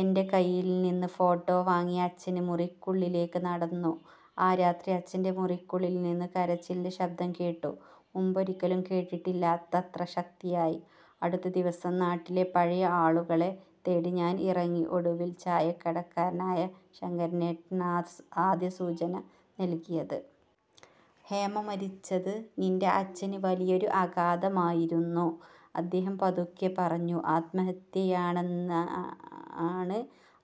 എന്റെ കയ്യില് നിന്ന് ഫോട്ടോ വാങ്ങിയ അച്ഛന് മുറിക്കുള്ളിലേക്ക് നടന്നു. ആ രാത്രി അച്ഛന്റെ മുറിക്കുള്ളില് നിന്ന് കരച്ചിലിന്റെ ശബ്ദം കേട്ടു. മുമ്പൊരിക്കലും കേട്ടിട്ടില്ലാത്തത്ര ശക്തിയായി. അടുത്ത ദിവസം നാട്ടിലെ പഴയ ആളുകളെ തേടി ഞാന് ഇറങ്ങി. ഒടുവില്, ചായക്കടക്കാരനായ ശങ്കരേട്ടനാണ് ആദ്യ സൂചന നല്കിയത്. ''ഹേമ മരിച്ചത് നിന്റെ അച്ഛന് വലിയൊരു ആഘാതമായിരുന്നു... ' അദ്ദേഹം പതുക്കെ പറഞ്ഞു. ''ആത്മഹത്യയാണെന്നാണ്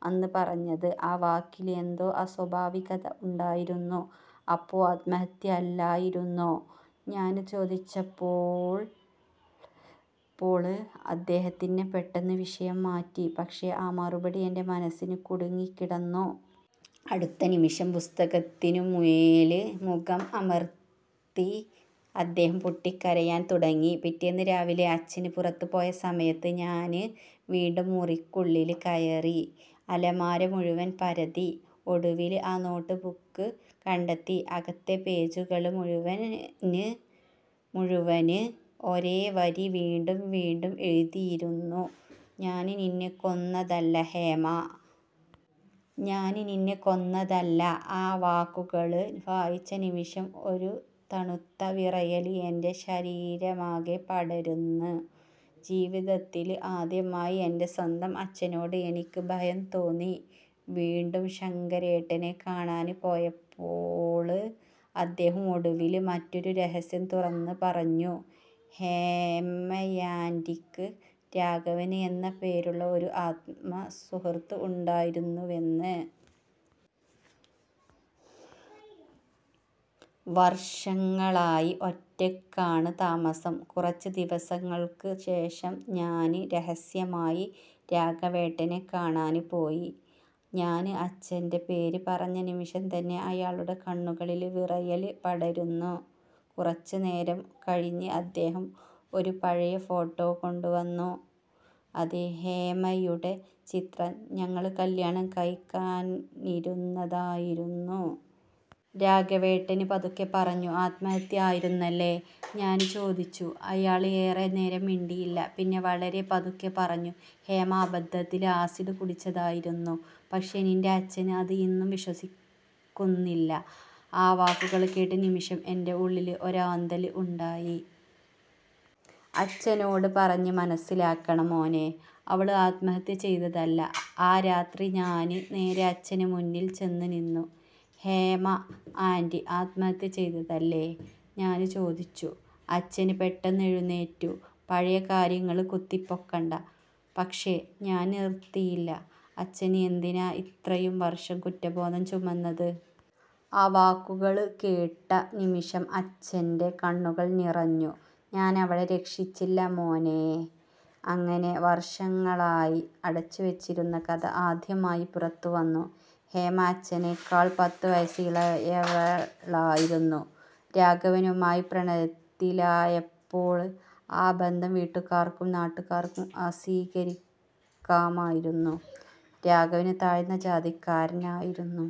അന്ന് പറഞ്ഞത്... ' ആ വാക്കില് എന്തോ അസ്വാഭാവികത ഉണ്ടായിരുന്നു. ''അപ്പോ ആത്മഹത്യ അല്ലായിരുന്നോ? '' ഞാന് ചോദിച്ചപ്പോള് അദ്ദേഹം പെട്ടെന്ന് വിഷയം മാറ്റി. പക്ഷേ ആ മറുപടി എന്റെ മനസ്സില് കുടുങ്ങിക്കിടന്നു. അടുത്ത നിമിഷം പുസ്തകത്തിനുമേല് മുഖം അമര്ത്തി അദ്ദേഹം പൊട്ടിക്കരയാന് തുടങ്ങി. പിറ്റേന്ന് രാവിലെ അച്ഛന് പുറത്തുപോയ സമയത്ത് ഞാന് വീണ്ടും മുറിക്കുള്ളില് കയറി. അലമാര മുഴുവന് പരതി. ഒടുവില് ആ നോട്ട് ബുക്ക് കണ്ടെത്തി. അകത്തെ പേജുകള് മുഴുവന് ഒരേ വരി വീണ്ടും വീണ്ടും എഴുതിയിരുന്നു 'ഞാന് നിന്നെ കൊന്നതല്ല ഹേമ... ഞാന് നിന്നെ കൊന്നതല്ല... ' ആ വാക്കുകള് വായിച്ച നിമിഷം ഒരു തണുത്ത വിറയല് എന്റെ ശരീരമാകെ പടര്ന്നു. ജീവിതത്തില് ആദ്യമായി എന്റെ സ്വന്തം അച്ഛനോട് എനിക്ക് ഭയം തോന്നി. വീണ്ടും ശങ്കരേട്ടനെ കാണാന് പോയപ്പോള് അദ്ദേഹം ഒടുവില് മറ്റൊരു രഹസ്യം തുറന്നു പറഞ്ഞു. ഹേമയാന്റിക്ക് രാഘവന് എന്ന പേരുള്ള ഒരു ആത്മസുഹൃത്ത് ഉണ്ടായിരുന്നുവെന്ന്. വര്ഷങ്ങളായി ഒറ്റയ്ക്കാണ് താമസം. കുറച്ച് ദിവസങ്ങള്ക്ക് ശേഷം ഞാന് രഹസ്യമായി രാഘവേട്ടനെ കാണാന് പോയി. ഞാന് അച്ഛന്റെ പേര് പറഞ്ഞ നിമിഷം തന്നെ അയാളുടെ കണ്ണുകളില് വിറയല് പടര്ന്നു. കുറച്ചുനേരം കഴിഞ്ഞ് അദ്ദേഹം ഒരു പഴയ ഫോട്ടോ കൊണ്ടുവന്നു. അതേ ഹേമയുടെ ചിത്രം. ''ഞങ്ങള് കല്യാണം കഴിക്കാനിരുന്നതായിരുന്നു... ' രാഘവേട്ടന് പതുക്കെ പറഞ്ഞു. ''ആത്മഹത്യ ആയിരുന്നല്ലേ? '' ഞാന് ചോദിച്ചു. അയാള് ഏറെ നേരം മിണ്ടിയില്ല. പിന്നെ വളരെ പതുക്കെ പറഞ്ഞു 'ഹേമ അബദ്ധത്തില് ആസിഡ് കുടിച്ചതായിരുന്നു... പക്ഷേ നിന്റെ അച്ഛന് അത് ഇന്നും വിശ്വസിക്കുന്നില്ല... ' ആ വാക്കുകള് കേട്ട നിമിഷം എന്റെ ഉള്ളില് ഒരാന്തല് ഉണ്ടായി. ''അച്ഛനോട് പറഞ്ഞ് മനസ്സിലാക്കണം മോനേ... അവള് ആത്മഹത്യ ചെയ്തതല്ല... ' ആ രാത്രി ഞാന് നേരെ അച്ഛന്റെ മുന്നില് ചെന്നുനിന്നു. ''ഹേമ ആന്റി ആത്മഹത്യ ചെയ്തതല്ലേ? '' ഞാന് ചോദിച്ചു. അച്ഛന് പെട്ടെന്ന് എഴുന്നേറ്റു. ''പഴയ കാര്യങ്ങള് കുത്തിപ്പൊക്കണ്ട... ' പക്ഷേ ഞാന് നിര്ത്തിയില്ല. ''അച്ഛന് എന്തിനാ ഇത്രയും വര്ഷം കുറ്റബോധം ചുമന്നത്? '' ആ വാക്കുകള് കേട്ട നിമിഷം അച്ഛന്റെ കണ്ണുകള് നിറഞ്ഞു. ''ഞാനവളെ രക്ഷിച്ചില്ല മോനേ... ' അങ്ങനെ വര്ഷങ്ങളായി അടച്ചുവെച്ചിരുന്ന കഥ ആദ്യമായി പുറത്തുവന്നു. ഹേമ അച്ഛനെക്കാള് പത്ത് വയസ് ഇളയവളായിരുന്നു. രാഘവനുമായി പ്രണയത്തിലായപ്പോള് ആ ബന്ധം വീട്ടുകാര്ക്കും നാട്ടുകാര്ക്കും അസ്വീകാര്യമായിരുന്നു. രാഘവന് താഴ്ന്ന ജാതിക്കാരനായിരുന്നു.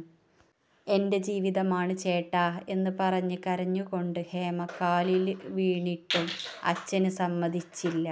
''എന്റെ ജീവിതമാണ് ചേട്ടാ... ' എന്ന് പറഞ്ഞ് കരഞ്ഞുകൊണ്ട് ഹേമ കാലില് വീണിട്ടും അച്ഛന് സമ്മതിച്ചില്ല.